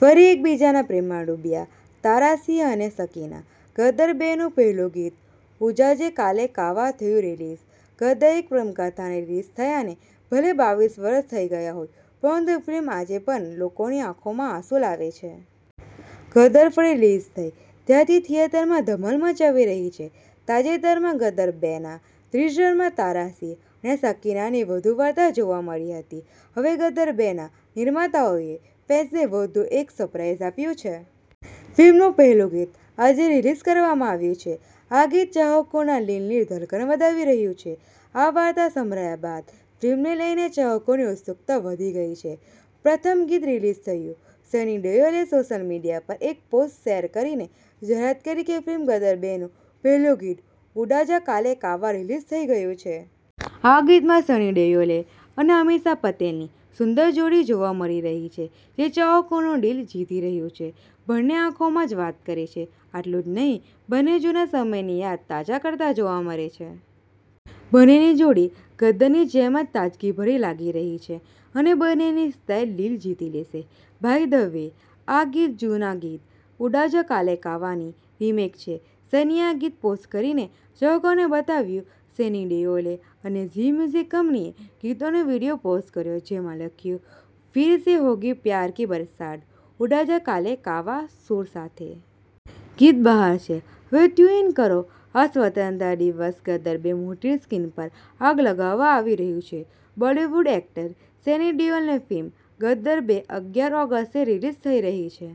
ફરી એકબીજાના પ્રેમમાં ડૂબ્યા તારા સિંહ અને સકીના, ગદર બે નું પહેલું ગીત 'ઉડ જા કાલે કાવા' થયું રિલીઝ. ગદરઃ એક પ્રેમ કથા ને રિલીઝ થયાને ભલે બાવીશ વર્ષ થઈ ગયા હોય, પરંતુ ફિલ્મ આજે પણ લોકોની આંખોમાં આંસુ લાવે છે. 'ગદર' ફરી રિલીઝ થઈ ત્યારથી થિયેટરોમાં ધમાલ મચાવી રહી છે. તાજેતરમાં, 'ગદર બે ' ના ટીઝરમાં તારા સિંહ અને સકીનાની વધુ વાર્તા જોવા મળી હતી. હવે 'ગદર બે 'ના નિર્માતાઓએ ફેન્સને વધુ એક સરપ્રાઈઝ આપ્યું છે. ફિલ્મનું પહેલું ગીત આજે રિલીઝ કરવામાં આવ્યું છે. આ ગીત ચાહકોના દિલની ધડકન વધારી રહ્યું છે. આ વાત સાંભળ્યા બાદ ફિલ્મને લઈને ચાહકોની ઉત્સુકતા વધી ગઈ છે. પ્રથમ ગીત રિલીઝ થયું સની દેઓલે સોશિયલ મીડિયા પર એક પોસ્ટ શેર કરીને જાહેરાત કરી કે ફિલ્મ 'ગદર બે 'નું પહેલું ગીત 'ઉડ જા કાલે કાવા' રિલીઝ થઈ ગયું છે. આ ગીતમાં સની દેઓલ અને અમીષા પટેલની સુંદર જોડી જોવા મળી રહી છે, જે ચાહકોનું દિલ જીતી રહ્યું છે. બંને આંખોમાં જ વાત કરે છે. આટલું જ નહીં બંને જૂના સમયની યાદ તાજી કરતા જોવા મળે છે. બંનેની જોડી 'ગદર'ની જેમ જ તાજગીભરી લાગી રહી છે અને બંનેની સ્ટાઈલ દિલ જીતી લેશે. બાય ધ વે, આ ગીત જૂના ગીત 'ઉડ જા કાલે કાવા'ની રીમેક છે. સનીએ આ ગીત પોસ્ટ કરીને ચાહકોને બતાવ્યું સની દેઓલ અને ઝી મ્યુઝિક કંપનીએ ગીતનો વિડિયો પોસ્ટ કર્યો, જેમાં લખ્યું, 'ફિર સે હોગી પ્યાર કી બરસાત, ઉડ જા કાલે કાવાના સૂર સાથે! ગીત બહાર છે, હવે ટ્યુન ઇન કરો. આ સ્વતંત્રતા દિવસ ગદર બે મોટી સ્ક્રીન પર આગ લગાવવા આવી રહ્યું છે. બોલિવૂડ એક્ટર સની દેઓલની ફિલ્મ 'ગદર બે ' અગ્યાર ઓગસ્ટે રિલીઝ થઈ રહી છે.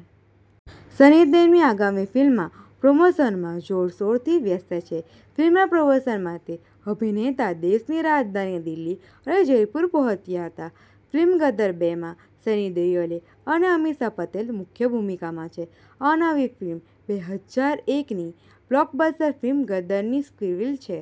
સની તેની આગામી ફિલ્મના પ્રમોશનમાં જોરશોરથી વ્યસ્ત છે. ફિલ્મના પ્રમોશન માટે અભિનેતા દેશની રાજધાની દિલ્હી અને જયપુર પહોંચ્યા હતા. ફિલ્મ 'ગદર બે 'માં સની દેઓલ અને અમીષા પટેલ મુખ્ય ભૂમિકામાં છે. આ નવી ફિલ્મ બે હજાર એક ની બ્લોકબસ્ટર ફિલ્મ 'ગદર'ની સિક્વલ છે.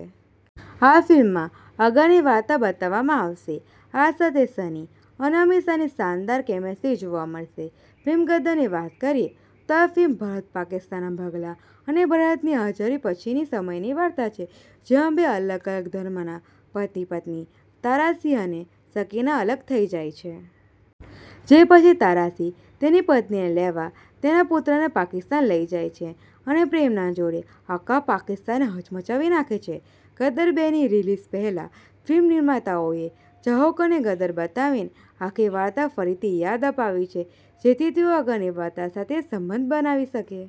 આ ફિલ્મમાં આગળની વાર્તા બતાવવામાં આવશે. આ સાથે સની અને અમીષાની શાનદાર કેમેસ્ટ્રી જોવા મળશે. ફિલ્મ 'ગદર'ની વાત કરીએ તો આ ફિલ્મ ભારત-પાકિસ્તાનના ભાગલા અને ભારતની આઝાદી પછીના સમયની વાર્તા છે. જેમાં બે અલગ-અલગ ધર્મના પતિ-પત્ની તારા સિંહ અને સકીના અલગ થઈ જાય છે. જે પછી તારા સિંહ તેની પત્નીને લેવા તેના પુત્રને પાકિસ્તાન લઈ જાય છે અને પ્રેમના જોરે આખા પાકિસ્તાનને હચમચાવી નાખે છે. 'ગદર બે' ની રિલીઝ પહેલા, ફિલ્મ નિર્માતાઓએ ચાહકોને 'ગદર' બતાવીને આખી વાર્તા ફરીથી યાદ અપાવી છે, જેથી તેઓ આગળની વાર્તા સાથે સંબંધ બનાવી શકે.